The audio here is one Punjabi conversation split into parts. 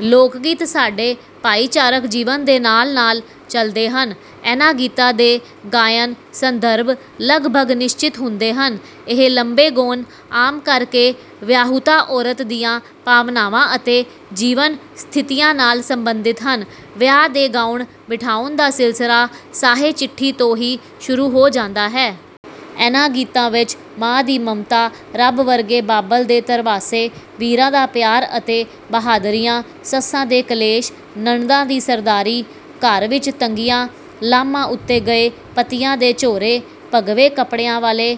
ਲੋਕਗੀਤ ਸਾਡੇ ਭਾਈਚਾਰਕ ਜੀਵਨ ਦੇ ਨਾਲ, ਨਾਲ ਚਲਦੇ ਹਨ। ਇਹਨਾਂ ਗੀਤਾਂ ਦੇ ਗਾਇਨ-ਸੰਦਰਭ ਲਗਭਗ ਨਿਸ਼ਚਿਤ ਹੁੰਦੇ ਹਨ। ਇਹ ਲੰਮੇ ਗੌਣ ਆਮ ਕਰਕੇ ਵਿਆਹੁਤਾ ਔਰਤ ਦੀਆਂ ਭਾਵਨਾਵਾਂ ਅਤੇ ਜੀਵਨ ਸਥਿਤੀਆਂ ਨਾਲ ਸੰਬੰਧਿਤ ਹਨ। ਵਿਆਹ ਦੇ ਗਾਉਣ ਬਿਠਾਉਣ ਦਾ ਸਿਲਸਿਲਾ 'ਸਾਹੇ ਚਿੱਠੀ' ਤੋਂ ਹੀ ਸ਼ੂਰੁ ਹੋ ਜਾਂਦਾ ਹੈ। ਇਹਨਾਂ ਗੀਤਾਂ ਵਿਚ ਮਾਂ ਦੀ ਮਮਤਾ, ਰੱਬ ਵਰਗੇ ਬਾਬਲ ਦੇ ਧਰਵਾਸੇ, ਵੀਰਾਂ ਦਾ ਪਿਆਰ ਅਤੇ ਬਹਾਦਰੀਆਂ, ਸੱਸਾਂ ਦੇ ਕਲੇਸ਼, ਨਣਦਾਂ ਦੀ ਸਰਦਾਰੀ, ਘਰ ਵਿਚ ਤੰਗੀਆਂ, ਲਾਮਾਂ ਉੱਤੇ ਗਏ ਪਤੀਆਂ ਦੇ ਝੋਰੇ, ਭਗਵੇਂ ਕੱਪੜਿਆਂ ਵਾਲੇ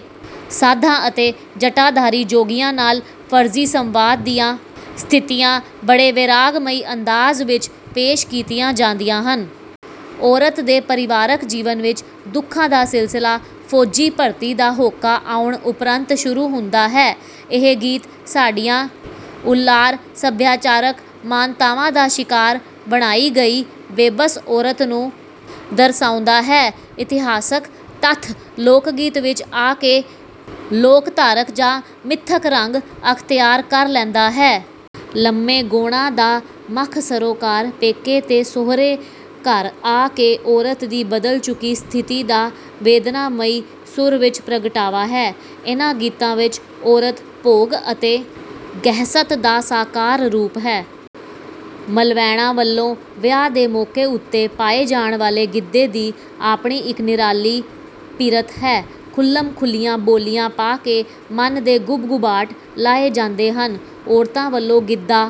ਸਾਧਾਂ ਅਤੇ ਜਟਾਧਾਰੀ ਜੋਗੀਆਂ ਨਾਲ ਫਰਜ਼ੀ ਸੰਵਾਦ ਦੀਆਂ ਸਥਿਤੀਆਂ ਬੜੇ ਵੈਰਾਗਮਈ ਅੰਦਾਜ਼ ਵਿਚ ਪੇਸ਼ ਕੀਤੀਆਂ ਜਾਂਦੀਆਂ ਹਨ। ਔਰਤ ਦੇ ਪਰਿਵਾਰਕ ਜੀਵਨ ਵਿਚ ਦੁੱਖਾਂ ਦਾ ਸਿਲਸਿਲਾ ਫੌਜੀ ਭਰਤੀ ਦਾ ਹੋਕਾ ਆਉਣ ਉਪਰੰਤ ਸ਼ੁਰੂ ਹੁੰਦਾ ਹੈ। ਇਹ ਗੀਤ ਸਾਡੀਆਂ ਉਲਾਰ ਸਭਿਆਚਾਰਕ ਮਾਨਤਾਵਾਂ ਦਾ ਸ਼ਿਕਾਰ ਬਣਾਈ ਗਈ ਬੇਬਸ ਔਰਤ ਨੂੰ ਦਰਸਾਉਂਦਾ ਹੈ। ਇਤਿਹਾਸਕ ਤੱਥ ਲੋਕਗੀਤ ਵਿਚ ਆ ਕੇ ਲੋਕਧਾਰਕ ਜਾਂ ਮਿੱਥਕ ਰੰਗ ਅਖਤਿਆਰ ਕਰ ਲੈਂਦਾ ਹੈ। ਲੰਮੇ ਗੌਣਾਂ ਦਾ ਮੱਖ ਸਰੋਕਾਰ ਪੇਕੇ ਤੋਂ ਸੌਹਰੇ ਘਰ ਆ ਕੇ ਔਰਤ ਦੀ ਬਦਲ ਚੁੱਕੀ ਸਥਿਤੀ ਦਾ ਵੇਦਨਾਮਈ ਸੁਰ ਵਿਚ ਪ੍ਗਟਾਵਾ ਹੈ। ਇਹਨਾ ਗੀਤਾਂ ਵਿਚ ਔਰਤ ਭੋਗ ਅਤੇ ਗਹਿਸਤ ਦਾ ਸਾਕਾਰ ਰੂਪ ਹੈ। ਮਲਵੈਣਾਂ ਵੱਲੋਂ ਵਿਆਹ ਦੇ ਮੌਕੇ ਉੱਤੇ ਪਾਏ ਜਾਣ ਵਾਲੇ ਗਿੱਧੇ ਦੀ ਆਪਣੀ ਇਕ ਨਿਰਾਲੀ ਪਿਰਤ ਹੈ। ਖੁੱਲ੍ਹਮ ਖੁੱਲ੍ਹੀਆਂ ਬੋਲੀਆਂ ਪਾ ਕੇ ਮਨ ਦੇ ਗੁਭ ਗੁਭਾਟ ਲਾਹੇ ਜਾਂਦੇ ਹਨ। ਔਰਤਾਂ ਵੱਲੋਂ ਗਿੱਧਾ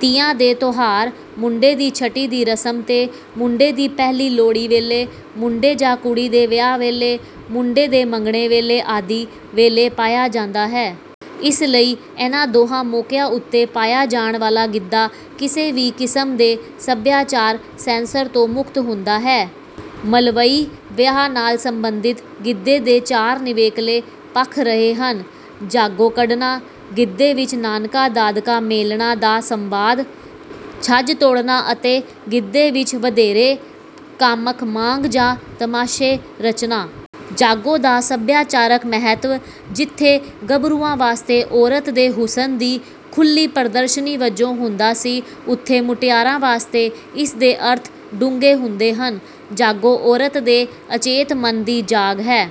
ਤੀਆਂ ਦੇ ਤਿਉਹਾਰ, ਮੁੰਡੇ ਦੀ ਛਟੀ ਦੀ ਰਸਮ ਤੇ, ਮੁੰਡੇ ਦੀ ਪਹਿਲੀ ਲੋਹੜੀ ਵੇਲੇ, ਮੁੰਡੇ ਜਾਂ ਕੁੜੀ ਦੇ ਵਿਆਹ ਵੇਲੇ, ਮੁੰਡੇ ਦੇ ਮੰਗਣੇ ਵੇਲੇ ਆਦਿ ਵੇਲੇ ਪਾਇਆ ਜਾਂਦਾ ਹੈ। ਇਸ ਲਈ ਇਨ੍ਹਾਂ ਦੋਹਾਂ ਮੌਕਿਆਂ ਉੱਤੇ ਪਾਇਆ ਜਾਣ ਵਾਲਾ ਗਿੱਧਾ ਕਿਸੇ ਵੀ ਕਿਸਮ ਦੇ ਸਭਿਆਚਾਰ ਸੈਂਸਰ ਤੋਂ ਮੁਕਤ ਹੁੰਦਾ ਹੈ। ਮਲਵਈ ਵਿਆਹ ਨਾਲ ਸੰਬੰਧਿਤ ਗਿੱਧੇ ਦੇ ਚਾਰ ਨਿਵੇਕਲੇ ਪੱਖ ਰਹੇ ਹਨ: ਜਾਗੋ ਕੱਢਣਾ, ਗਿੱਧੇ ਵਿਚ ਨਾਨਕਾ-ਦਾਦਕਾ ਮੇਲਣਾਂ ਦਾ ਸੰਵਾਦ, ਛੱਜ ਤੋੜਨਾ ਅਤੇ ਗਿੱਧੇ ਵਿਚ ਵਧੇਰੇ ਕਾਮਕ ਸਾਂਗ ਜਾਂ ਤਮਾਸ਼ੇ ਰਚਣਾ। ਜਾਗੋ ਦਾ ਸਭਿਆਚਾਰਕ ਮਹੱਤਵ ਜਿੱਥੇ ਗਭਰੂਆਂ ਵਾਸਤੇ ਔਰਤ ਦੇ ਹੁਸਨ ਦੀ ਖੁੱਲ੍ਹੀ ਪ੍ਦਰਸ਼ਨੀ ਵਜੋਂ ਹੁੰਦਾ ਸੀ ਉਥੇ ਮੁਟਿਆਰਾਂ ਵਾਸਤੇ ਇਸ ਦੇ ਅਰਥ ਡੂੰਘੇ ਹੁੰਦੇ ਹਨ। ਜਾਗੋ ਔਰਤ ਦੇ ਅਚੇਤ ਮਨ ਦੀ ਜਾਗ ਹੈ।